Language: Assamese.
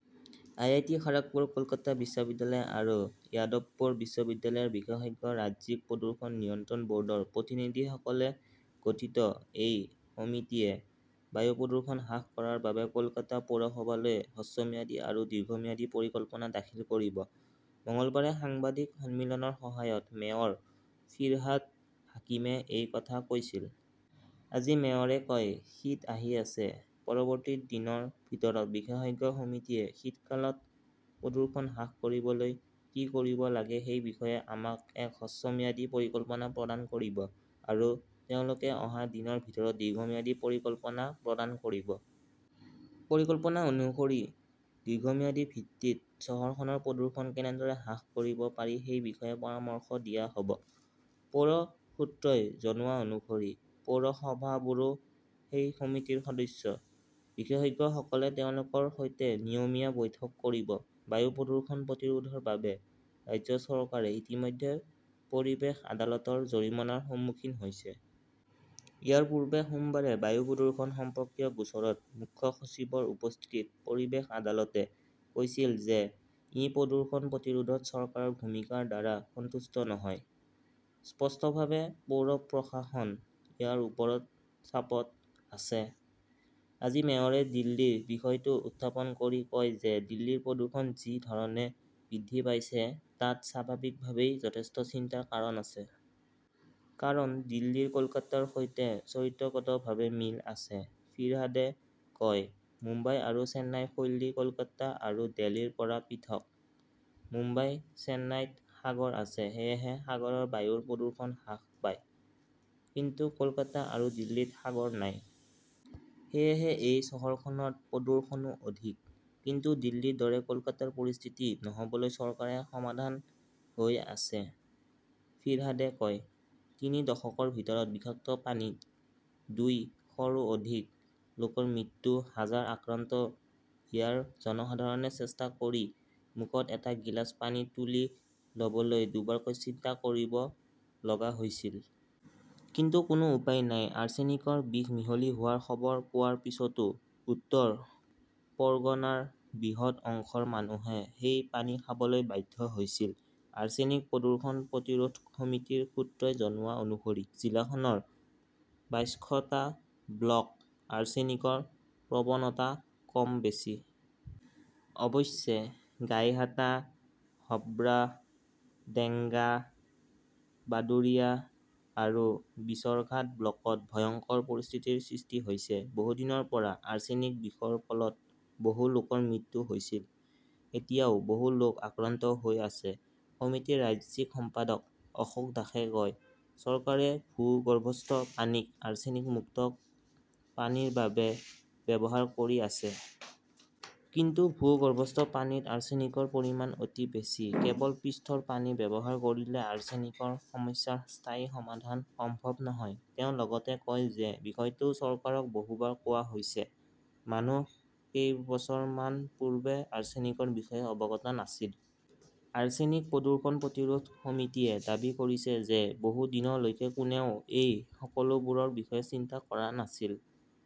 I I T Kharagpur, Kolkata বিশ্ববিদ্যালয় আৰু যাদৱপুৰ বিশ্ববিদ্যালয়ৰ বিশেষজ্ঞ, ৰাজ্যিক প্ৰদূষণ নিয়ন্ত্ৰণ ব'ৰ্ডৰ প্ৰতিনিধিসকলে গঠিত এই সমিতিয়ে বায়ু প্ৰদূষণ হ্ৰাস কৰাৰ বাবে কলকাতা পৌৰসভালৈ হ্ৰস্বম্যাদী আৰু দীৰ্ঘম্যাদী পৰিকল্পনা দাখিল কৰিব। মঙলবাৰে সাংবাদিক সন্মিলনৰ সময়ত মেয়ৰ ফিৰহাদ হাকিমে এই কথা কৈছিল। আজি মেয়ৰে কয়, "শীত আহি আছে। পৰৱৰ্তী দিনৰ ভিতৰত বিশেষজ্ঞ সমিতিয়ে শীতকালত প্ৰদূষণ হ্ৰাস কৰিবলৈ কি কৰিব লাগে সেই বিষয়ে আমাক এক হ্ৰস্বম্যাদী পৰিকল্পনা প্ৰদান কৰিব। আৰু তেওঁলোকে অহা দিনৰ ভিতৰত দীৰ্ঘম্যাদী পৰিকল্পনা প্ৰদান কৰিব। পৰিকল্পনা অনুসৰি দীৰ্ঘম্যাদী ভিত্তিত চহৰখনৰ প্ৰদূষণ কেনেদৰে হ্ৰাস কৰিব পাৰি সেই বিষয়ে পৰামৰ্শ দিয়া হ'ব।" পৌৰ সূত্ৰই জনোৱা অনুসৰি পৌৰসভাবোৰো সেই সমিতিৰ সদস্য। বিশেষজ্ঞসকলে তেওঁলোকৰ সৈতে নিয়মীয়া বৈঠক কৰিব। বায়ু প্ৰদূষণ প্ৰতিৰোধৰ বাবে ৰাজ্য চৰকাৰে ইতিমধ্যে পৰিৱেশ আদালতৰ জৰিমনাৰ সন্মুখীন হৈছে। ইয়াৰ পূৰ্বে সোমবাৰে বায়ু প্ৰদূষণ সম্পৰ্কীয় গোচৰত মুখ্য সচিবৰ উপস্থিতিত পৰিৱেশ আদালতে কৈছিল যে ই প্ৰদূষণ প্ৰতিৰোধত চৰকাৰৰ ভূমিকাৰ দ্বাৰা সন্তুষ্ট নহয়। স্পষ্টভাৱে পৌৰ প্ৰশাসন ইয়াৰ ওপৰত চাপত আছে। আজি মেয়ৰে দিল্লীৰ বিষয়টো উত্থাপন কৰি কয় যে দিল্লীৰ প্ৰদূষণ যি ধৰণে বৃদ্ধি পাইছে তাত স্বাভাৱিকভাৱেই যথেষ্ট চিন্তাৰ কাৰণ আছে। কাৰণ দিল্লীৰ কলকাতাৰ সৈতে চৰিত্ৰগতভাৱে মিল আছে। ফিৰহাদে কয়, "মুম্বাই আৰু চেন্নাইৰ শৈলী কলকাতা আৰু দিল্লীৰ পৰা পৃথক। মুম্বাই, চেন্নাইত সাগৰ আছে। সেয়েহে সাগৰৰ বায়ুৰ প্ৰদূষণ হ্ৰাস পায়। কিন্তু কলকাতা আৰু দিল্লীত সাগৰ নাই। সেয়েহে এই চহৰখনত প্ৰদূষণও অধিক। কিন্তু দিল্লীৰ দৰে কলকাতাৰ পৰিস্থিতি নহ'বলৈ চৰকাৰে সাৱধান হৈ আছে ", ফিৰহাদে কয়। তিনি দশকৰ ভিতৰত বিষাক্ত পানীত দুই শৰো অধিক লোকৰ মৃত্যু, হাজাৰ আক্ৰান্ত ইয়াৰ জনসাধাৰণে চেষ্টা কৰি মুখত এটা গিলাচ পানী তুলি ল'বলৈ দুবাৰকৈ চিন্তা কৰিব লগা হৈছিল। কিন্তু কোনো উপায় নাই। আৰ্ছেনিকৰ বিষ মিহলি হোৱাৰ খবৰ পোৱাৰ পিছতো উত্তৰ পৰ্গনাৰ বৃহৎ অংশৰ মানুহে সেই পানী খাবলৈ বাধ্য হৈছিল। আৰ্ছেনিক প্ৰদূষণ প্ৰতিৰোধ সমিতিৰ সূত্ৰই জনোৱা অনুসৰি জিলাখনৰ বাইশটা ব্লক আৰ্ছেনিকৰ প্ৰৱণতা কম বেছি। অৱশ্যে, গাইঘাটা, হাবৰা, দেগঙ্গা, বাদুৰিয়া আৰু বছিৰহাট ব্লকত ভয়ংকৰ পৰিস্থিতিৰ সৃষ্টি হৈছে। বহুদিনৰ পৰা আৰ্ছেনিক বিষৰ ফলত বহু লোকৰ মৃত্যু হৈছে। এতিয়াও বহু লোক আক্ৰান্ত হৈ আছে। সমিতিৰ ৰাজ্যিক সম্পাদক অশোক দাসে কয়, "চৰকাৰে ভূগৰ্ভস্থ পানীক আৰ্ছেনিক মুক্ত পানীৰ বাবে ব্যৱহাৰ কৰি আছে। কিন্তু ভূগৰ্ভস্থ পানীত আৰ্ছেনিকৰ পৰিমাণ অতি বেছি। কেৱল পৃষ্ঠৰ পানী ব্যৱহাৰ কৰিলে আৰ্ছেনিক-সমস্যাৰ স্থায়ী সমাধান সম্ভৱ হয়।" তেওঁ লগতে কয় যে বিষয়টো চৰকাৰক বহুবাৰ কোৱা হৈছে। মানুহ কেইবছৰমান পূৰ্বে আৰ্ছেনিকৰ বিষয়ে অৱগত নাছিল। আৰ্ছেনিক প্ৰদূষণ প্ৰতিৰোধ সমিতিয়ে দাবী কৰিছে যে বহুদিনলৈকে কোনেও এই সকলোবোৰৰ বিষয়ে চিন্তা কৰা নাছিল।